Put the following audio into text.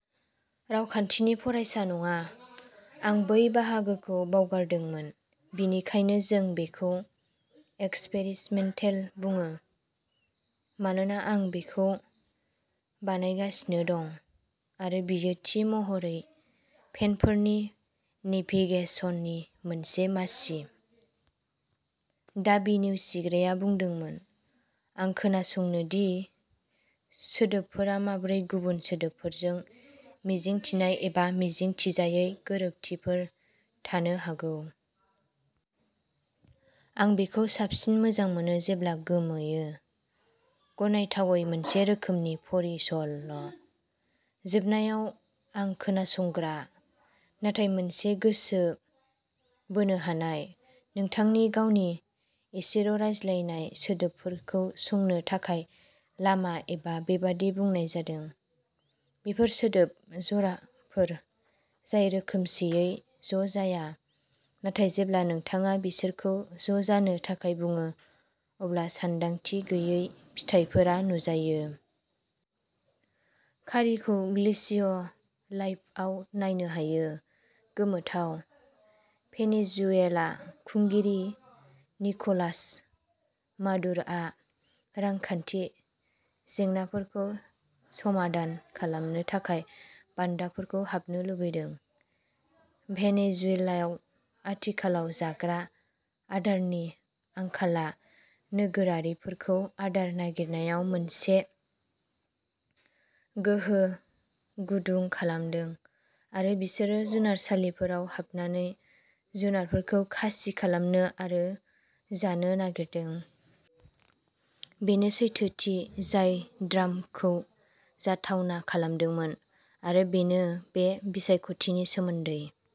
रावखान्थिनि फरायसा नङा। आं बै बाहागोखौ बावगारदोंमोन। बेनिखायनो जों बेखौ एक्सपेरिमेन्टेल बुङो मानोना आं बेखौ बानायगासिनो दं आरो बेयो थि महरै पेन्टफोरनि नेभिगेसननि मोनसे मासि। दाबि नेवसिग्राया बुंदोंमोन आं खोनासङो दि सोदोबफोरा माबोरै गुबुन सोदोबफोरजों मिजिंथिनाय एबा मिजिंथिजायै गोरोबथिफोर थानो हागौ। आं बेखौ साबसिन मोजां मोनो जेब्ला गोमोयो। गनायथावै मोनसे रोखोमनि परी सल'। जोबनायाव आं खोनासंग्रा नाथाय मोनसे गोसो बोनो हानाय। नोंथांनि गावनि एसेल'रायज्लायजानाय सोदोबफोरखौ संनो थाखाय लामा एबा बेबादि बुंनाय जादों। बेफोर सोदोब जराफोर जाय रोखोमसेयै ज'जाया नाथाय जेब्ला नोंथाङा बिसोरखौ ज'जानो थाखाय बुङो अब्ला सानदांथि गैयै फिथायफोरा नुजायो। खारिखौ ग्लेसिय'लाइभआव नायनो हायो। गोमोथाव भेनेजुएला खुंगिरि निक'लास माडुर'आ रांखान्थि जेंनाफोरखौ समाधान खालामनो थाखाय बान्दाफोरखौ हाबनो लुबैदों। भेनेजुएलायाव आथिखालाव जाग्रा आदारनि आंखालआ नोगोरारिफोरखौ आदार नागिरनायाव मोनसे गोहो गुदुं खालामदों आरो बिसोरो जुनारसालिफोराव हाबनानै जुनारफोरखौ खासि खालामनो आरो जानो नागिरदों। बेनो सैथोथि जाय ड्राम्पखौ जाथावना खालामदोंमोन आरो बेनो बे बिसायख'थिनि सोमोन्दै।